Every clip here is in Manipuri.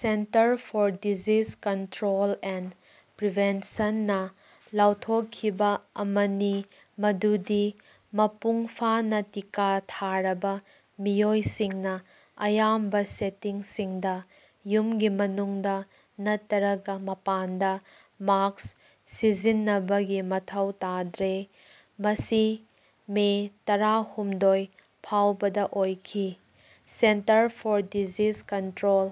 Centre for disease control and prevention ꯅꯥ ꯂꯥꯎꯊꯣꯛꯈꯤꯕ ꯑꯃꯅꯤ ꯃꯗꯨꯗꯤ ꯃꯄꯨꯡ ꯐꯥꯅ ꯇꯤꯀꯥ ꯊꯥꯔꯕ ꯃꯤꯑꯣꯏꯁꯤꯡꯅ ꯑꯌꯥꯝꯕ ꯁꯦꯇꯤꯡꯁꯤꯡꯗ ꯌꯨꯝꯒꯤ ꯃꯅꯨꯡꯗ ꯅꯠꯇꯔꯒ ꯃꯄꯥꯟꯗ ꯃꯥ꯭ꯁꯛ ꯁꯤꯖꯤꯟꯅꯕꯒꯤ ꯃꯊꯧ ꯇꯥꯗ꯭ꯔꯦ, ꯃꯁꯤ ꯃꯦ ꯇꯔꯥꯍꯨꯝꯗꯣꯏ, ꯐꯥꯎꯕꯗ ꯑꯣꯏꯈꯤ꯫ꯁꯦꯟꯇꯔ for disease control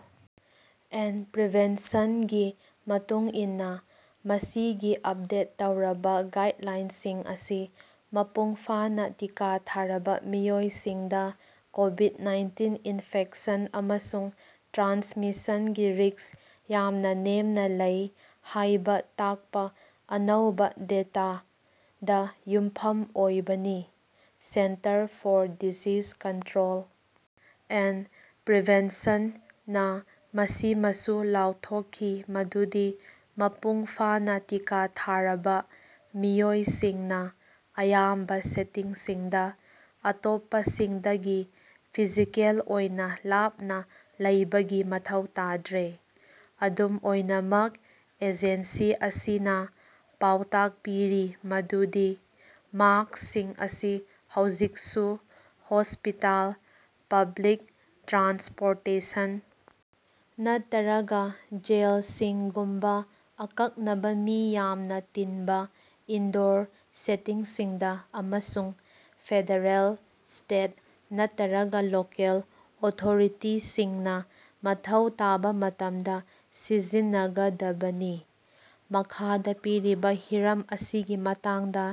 and Prevention ꯒꯤ ꯃꯇꯨꯡ ꯏꯟꯅ, ꯃꯁꯤꯒꯤ ꯑꯞꯗꯦꯠ ꯇꯧꯔꯕ ꯒꯥꯏꯗꯂꯥꯏꯟꯁꯤꯡ ꯑꯁꯤ ꯃꯄꯨꯡ ꯐꯥꯅ ꯇꯤꯀꯥ ꯊꯥꯔꯕ ꯃꯤꯑꯣꯏꯁꯤꯡꯗ ꯀꯣꯕꯤꯗ-ꯅꯥꯏꯟꯇꯤꯟ ꯏꯟꯐꯦꯛꯁꯟ ꯑꯃꯁꯨꯡ ꯇ꯭ꯔꯥꯟꯁꯃꯤꯁꯟꯒꯤ ꯔꯤꯁ꯭ꯛ ꯌꯥꯝꯅ ꯅꯦꯝꯅ ꯂꯩ ꯍꯥꯏꯕ ꯇꯥꯛꯄ ꯑꯅꯧꯕ ꯗꯦꯇꯥꯗ ꯌꯨꯝꯐꯝ ꯑꯣꯏꯕꯅꯤ꯫ Centre for disease control and prevention ꯅꯥ ꯃꯁꯤꯃꯁꯨ ꯂꯥꯎꯊꯣꯛꯈꯤ ꯃꯗꯨꯗꯤ ꯃꯄꯨꯡ ꯐꯥꯅ ꯇꯤꯀꯥ ꯊꯥꯔꯕ ꯃꯤꯑꯣꯏꯁꯤꯡꯅ ꯑꯌꯥꯝꯕ ꯁꯦꯇꯤꯡꯁꯤꯡꯗ ꯑꯇꯣꯞꯄꯁꯤꯡꯗꯒꯤ ꯐꯤꯖꯤꯀꯦꯜ ꯑꯣꯏꯅ ꯂꯥꯞꯅ ꯂꯩꯕꯒꯤ ꯃꯊꯧ ꯇꯥꯗ꯭ꯔꯦ꯫ ꯑꯗꯨꯝ ꯑꯣꯏꯅꯃꯛ, ꯑꯦꯖꯦꯟꯁꯤ ꯑꯁꯤꯅ ꯄꯥꯎꯇꯥꯛ ꯄꯤꯔꯤ ꯃꯗꯨꯗꯤ ꯃꯥ꯭ꯁꯛꯁꯤꯡ ꯑꯁꯤ ꯍꯧꯖꯤꯛꯁꯨ ꯍꯣꯁꯄꯤꯇꯥꯜ, ꯄꯕ꯭ꯂꯤꯛ ꯇ꯭ꯔꯥꯟꯁꯄꯣꯔꯇꯦꯁꯟ ꯅꯠꯇꯔꯒ ꯖꯦꯜꯁꯤꯡꯒꯨꯝꯕ ꯑꯀꯛꯅꯕ ꯃꯤ ꯌꯥꯝꯅ ꯇꯤꯟꯕ ꯏꯟꯗꯣꯔ ꯁꯦꯇꯤꯡꯁꯤꯡꯗ, ꯑꯃꯁꯨꯡ ꯐꯦꯗꯔꯦꯜ, ꯁ꯭ꯇꯦꯠ ꯅꯠꯇꯔꯒ ꯂꯣꯀꯦꯜ ꯑꯣꯊꯣꯔꯤꯇꯤꯁꯤꯡꯅ ꯃꯊꯧ ꯇꯥꯕ ꯃꯇꯝꯗ ꯁꯤꯖꯤꯟꯅꯒꯗꯕꯅꯤ꯫ ꯃꯈꯥꯗ ꯄꯤꯔꯤꯕ ꯍꯤꯔꯝ ꯑꯁꯤꯒꯤ ꯃꯇꯥꯡꯗ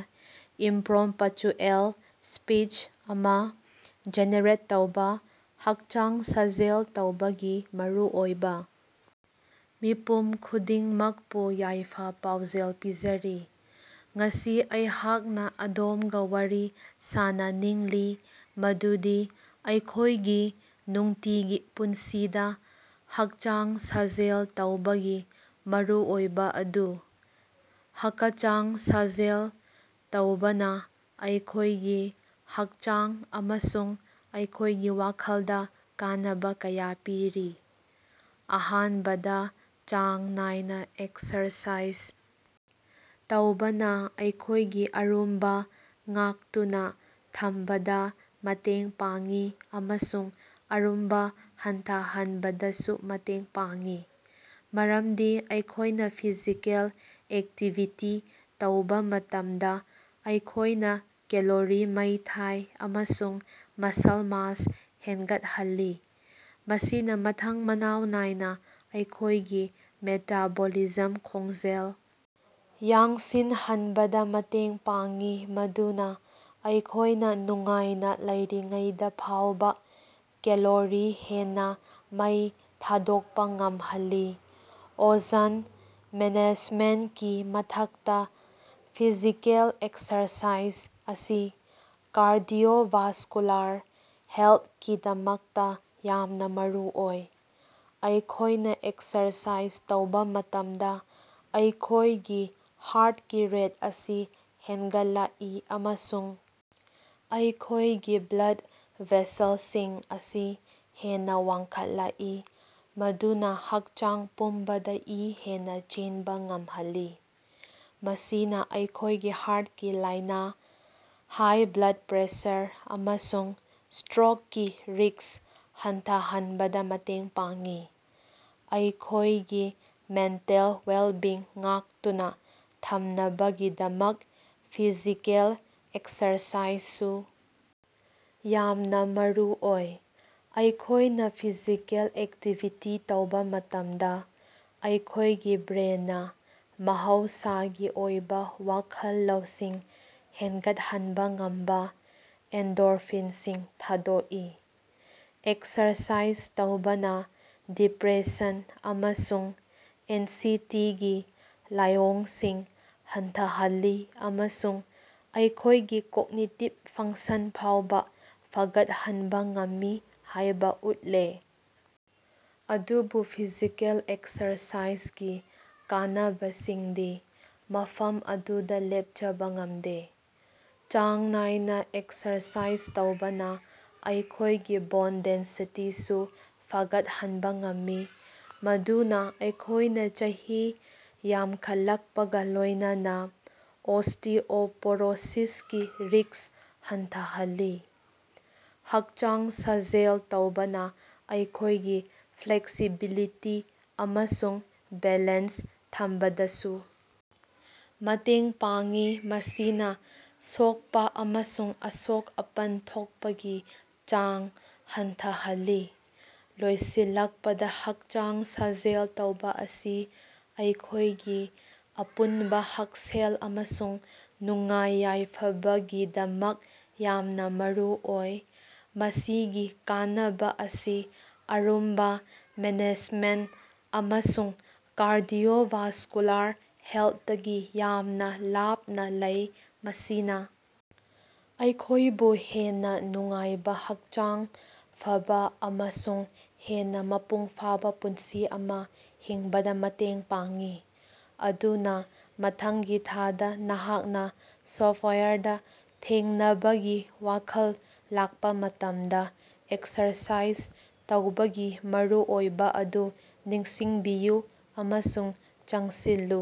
ꯏꯝꯄ꯭ꯔꯣꯝꯄꯆꯨꯑꯦꯜ ꯁ꯭ꯄꯤꯆ ꯑꯃ ꯖꯦꯅꯦꯔꯦꯠ ꯇꯧꯕ - ꯍꯛꯆꯥꯡ ꯁꯥꯖꯦꯜ ꯇꯧꯕꯒꯤ ꯃꯔꯨꯑꯣꯏꯕ꯫ ꯃꯤꯄꯨꯝ ꯈꯨꯗꯤꯡꯃꯛꯄꯨ ꯌꯥꯏꯐ-ꯄꯥꯎꯖꯦꯜ ꯄꯤꯖꯔꯤ꯫ ꯉꯁꯤ ꯑꯩꯍꯥꯛꯅ ꯑꯗꯣꯝꯒ ꯋꯥꯔꯤ ꯁꯥꯅꯅꯤꯡꯂꯤ ꯃꯗꯨꯗꯤ ꯑꯩꯈꯣꯏꯒꯤ ꯅꯨꯡꯇꯤꯒꯤ ꯄꯨꯟꯁꯤꯗ ꯍꯛꯆꯥꯡ ꯁꯥꯖꯦꯜ ꯇꯧꯕꯒꯤ ꯃꯔꯨꯑꯣꯏꯕ ꯑꯗꯨ꯫ ꯍꯀꯆꯥꯡ ꯁꯥꯖꯦꯜ ꯇꯧꯕꯅ ꯑꯩꯈꯣꯏꯒꯤ ꯍꯛꯆꯥꯡ ꯑꯃꯁꯨꯡ ꯑꯩꯈꯣꯏꯒꯤ ꯋꯥꯈꯜꯗ ꯀꯥꯟꯅꯕ ꯀꯌꯥ ꯄꯤꯔꯤ꯫ ꯑꯍꯥꯟꯕꯗ, ꯆꯥꯡ ꯅꯥꯏꯅ ꯑꯦꯛꯁꯔꯁꯥꯏꯖ ꯇꯧꯕꯅ ꯑꯩꯈꯣꯏꯒꯤ ꯑꯔꯨꯝꯕ ꯉꯥꯛꯇꯨꯅ ꯊꯝꯕꯗ ꯃꯇꯦꯡ ꯄꯥꯡꯏ ꯑꯃꯁꯨꯡ ꯑꯔꯨꯝꯕ ꯍꯟꯊꯍꯟꯕꯗꯁꯨ ꯃꯇꯦꯡ ꯄꯥꯡꯏ꯫ ꯃꯔꯝꯗꯤ ꯑꯩꯈꯣꯏꯅ ꯐꯤꯖꯤꯀꯦꯜ ꯑꯦꯛꯇꯤꯚꯤꯇꯤ ꯇꯧꯕ ꯃꯇꯝꯗ ꯑꯩꯈꯣꯏꯅ ꯀꯦꯂꯣꯔꯤ ꯃꯩ ꯊꯥꯏ ꯑꯃꯁꯨꯡ ꯃꯁꯜ ꯃꯥꯁ ꯍꯦꯟꯒꯠꯍꯜꯂꯤ꯫ ꯃꯁꯤꯅ ꯃꯊꯪ ꯃꯅꯥꯎ ꯅꯥꯏꯅꯥ ꯑꯩꯈꯣꯏꯒꯤ ꯃꯦꯇꯥꯕꯣꯂꯤꯖꯝ ꯈꯣꯡꯖꯦꯜ ꯌꯥꯡꯁꯤꯟꯍꯟꯕꯗ ꯃꯇꯦꯡ ꯄꯥꯡꯏ, ꯃꯗꯨꯅ ꯑꯩꯈꯣꯏꯅ ꯅꯨꯡꯉꯥꯏꯅ ꯂꯩꯔꯤꯉꯩꯗ ꯐꯥꯎꯕ ꯀꯦꯂꯣꯔꯤ ꯍꯦꯟꯅ ꯃꯩ ꯊꯥꯗꯣꯛꯄ ꯉꯝꯍꯜꯂꯤ꯫ ꯑꯣꯖꯟ ꯃꯦꯅꯦꯖꯃꯦꯟꯇꯀꯤ ꯃꯊꯛꯇ, ꯐꯤꯖꯤꯀꯦꯜ ꯑꯦꯛꯁꯔꯁꯥꯏꯖ ꯑꯁꯤ ꯀꯥꯔꯗꯤꯑꯣꯚꯥꯁꯀꯨꯂꯥꯔ ꯍꯦꯜꯊꯀꯤꯗꯃꯛꯇ ꯌꯥꯝꯅ ꯃꯔꯨꯑꯣꯏ꯫ ꯑꯩꯈꯣꯏꯅ ꯑꯦꯛꯁꯔꯁꯥꯏꯖ ꯇꯧꯕ ꯃꯇꯝꯗ, ꯑꯩꯈꯣꯏꯒꯤ ꯍꯥ꯭ꯔꯠꯀꯤ ꯔꯦꯠ ꯑꯁꯤ ꯍꯦꯟꯒꯠꯂꯛꯏ ꯑꯃꯁꯨꯡ ꯑꯩꯈꯣꯏꯒꯤ ꯕ꯭ꯂꯗ ꯚꯦꯁꯦꯜꯁꯤꯡ ꯑꯁꯤ ꯍꯦꯟꯅ ꯋꯥꯡꯈꯠꯂꯛꯏ, ꯃꯗꯨꯅ ꯍꯛꯆꯥꯡ ꯄꯨꯝꯕꯗ ꯏ ꯍꯦꯟꯅ ꯆꯦꯟꯕ ꯉꯝꯍꯜꯂꯤ꯫ ꯃꯁꯤꯅ ꯑꯩꯈꯣꯏꯒꯤ ꯍꯥ꯭ꯔꯠꯀꯤ ꯂꯥꯏꯅ, ꯍꯥꯏ ꯕ꯭ꯂꯗ ꯄ꯭ꯔꯦꯁꯔ ꯑꯃꯁꯨꯡ ꯁ꯭ꯇꯔꯣꯛꯀꯤ ꯔꯤꯁ꯭ꯛ ꯍꯟꯊꯍꯟꯕꯗ ꯃꯇꯦꯡ ꯄꯥꯡꯏ꯫ ꯑꯩꯈꯣꯏꯒꯤ ꯃꯦꯟꯇꯦꯜ ꯋꯦꯜꯕꯤꯡ ꯉꯥꯛꯇꯨꯅ ꯊꯝꯅꯕꯒꯤꯗꯃꯛ ꯐꯤꯖꯤꯀꯦꯜ ꯑꯦꯛꯁꯔꯁꯥꯏꯖꯁꯨ ꯌꯥꯝꯅ ꯃꯔꯨꯑꯣꯏ꯫ ꯑꯩꯈꯣꯏꯅ ꯐꯤꯖꯤꯀꯦꯜ ꯑꯦꯛꯇꯤꯚꯤꯇꯤ ꯇꯧꯕ ꯃꯇꯝꯗ, ꯑꯩꯈꯣꯏꯒꯤ ꯕ꯭ꯔꯦꯅꯅꯥ ꯃꯍꯧꯁꯥꯒꯤ ꯑꯣꯏꯕ ꯋꯥꯈꯜ ꯂꯧꯁꯤꯡ ꯍꯦꯟꯒꯠꯍꯟꯕ ꯉꯝꯕ ꯑꯦꯟꯗꯣꯔꯐꯤꯟꯁꯤꯡ ꯊꯥꯗꯣꯛꯏ꯫ ꯑꯦꯛꯁꯔꯁꯥꯏꯖ ꯇꯧꯕꯅ ꯗꯤꯄ꯭ꯔꯦꯁꯟ ꯑꯃꯁꯨꯡ ꯑꯦꯟꯁꯤꯇꯤꯒꯤ ꯂꯥꯏꯑꯣꯡꯁꯤꯡ ꯍꯟꯊꯍꯜꯂꯤ ꯑꯃꯁꯨꯡ ꯑꯩꯈꯣꯏꯒꯤ ꯀꯣꯒꯅꯤꯇꯤꯕ ꯐꯪꯛꯁꯟ ꯐꯥꯎꯕ ꯐꯒꯠꯍꯟꯕ ꯉꯝꯃꯤ ꯍꯥꯏꯕ ꯎꯠꯂꯦ꯫ ꯑꯗꯨꯕꯨ ꯐꯤꯖꯤꯀꯦꯜ ꯑꯦꯛꯁꯔꯁꯥꯏꯖꯒꯤ ꯀꯥꯟꯅꯕꯁꯤꯡꯗꯤ ꯃꯐꯝ ꯑꯗꯨꯗ ꯂꯦꯞꯆꯕ ꯉꯝꯗꯦ꯫ ꯆꯥꯡ ꯅꯥꯏꯅ ꯑꯦꯛꯁꯔꯁꯥꯏꯖ ꯇꯧꯕꯅ ꯑꯩꯈꯣꯏꯒꯤ ꯕꯣꯟ ꯗꯦꯟꯁꯤꯇꯤꯁꯨ ꯐꯒꯠꯍꯟꯕ ꯉꯝꯃꯤ, ꯃꯗꯨꯅ ꯑꯩꯈꯣꯏꯅ ꯆꯍꯤ ꯌꯥꯝꯈꯠꯂꯛꯄꯒ ꯂꯣꯏꯅꯅ ꯑꯣꯁ꯭ꯇꯤꯑꯣꯄꯣꯔꯣꯁꯤꯁꯀꯤ ꯔꯤꯁ꯭ꯛ ꯍꯟꯊꯍꯜꯂꯤ꯫ ꯍꯛꯆꯥꯡ ꯁꯥꯖꯦꯜ ꯇꯧꯕꯅ ꯑꯩꯈꯣꯏꯒꯤ ꯐ꯭ꯂꯦꯛꯁꯤꯕꯤꯂꯤꯇꯤ ꯑꯃꯁꯨꯡ ꯕꯦꯂꯦꯟꯁ ꯊꯝꯕꯗꯁꯨ ꯃꯇꯦꯡ ꯄꯥꯡꯏ, ꯃꯁꯤꯅ ꯁꯣꯛꯄ ꯑꯃꯁꯨꯡ ꯑꯁꯣꯛ-ꯑꯄꯟ ꯊꯣꯛꯄꯒꯤ ꯆꯥꯡ ꯍꯟꯊꯍꯜꯂꯤ꯫ ꯂꯣꯏꯁꯤꯜꯂꯛꯄꯗ, ꯍꯛꯆꯥꯡ ꯁꯥꯖꯦꯜ ꯇꯧꯕ ꯑꯁꯤ ꯑꯩꯈꯣꯏꯒꯤ ꯑꯄꯨꯟꯕ ꯍꯛꯁꯦꯜ ꯑꯃꯁꯨꯡ ꯅꯨꯡꯉꯥꯏ-ꯌꯥꯏꯐꯕꯒꯤꯗꯃꯛ ꯌꯥꯝꯅ ꯃꯔꯨꯑꯣꯏ꯫ ꯃꯁꯤꯒꯤ ꯀꯥꯟꯅꯕꯥ ꯑꯁꯤ ꯑꯔꯨꯝꯕ ꯃꯦꯅꯦꯖꯃꯦꯟꯇ ꯑꯃꯁꯨꯡ ꯀꯥꯔꯗꯤꯑꯣꯚꯥꯁꯀꯨꯂꯥꯔ ꯍꯦꯜꯊꯇꯒꯤ ꯌꯥꯝꯅ ꯂꯥꯞꯅ ꯂꯩ, ꯃꯁꯤꯅ ꯑꯩꯈꯣꯏꯕꯨ ꯍꯦꯟꯅ ꯅꯨꯡꯉꯥꯏꯕ, ꯍꯛꯆꯥꯡ ꯐꯕꯥ ꯑꯃꯁꯨꯡ ꯍꯦꯟꯅ ꯃꯄꯨꯡ ꯐꯥꯕ ꯄꯨꯟꯁꯤ ꯑꯃ ꯍꯤꯡꯕꯗ ꯃꯇꯦꯡ ꯄꯥꯡꯏ꯫ ꯑꯗꯨꯅ, ꯃꯊꯪꯒꯤ ꯊꯥꯗ ꯅꯍꯥꯛꯅ ꯁꯣꯐ꯭ꯇꯋꯥꯌꯔꯗ ꯊꯦꯡꯅꯕꯒꯤ ꯋꯥꯈꯜ ꯂꯥꯛꯄ ꯃꯇꯝꯗ, ꯑꯦꯛꯁꯔꯁꯥꯏꯖ ꯇꯧꯕꯒꯤ ꯃꯔꯨꯑꯣꯏꯕ ꯑꯗꯨ ꯅꯤꯡꯁꯤꯡꯕꯤꯌꯨ ꯑꯃꯁꯨꯡ ꯆꯪꯁꯤꯜꯂꯨ꯫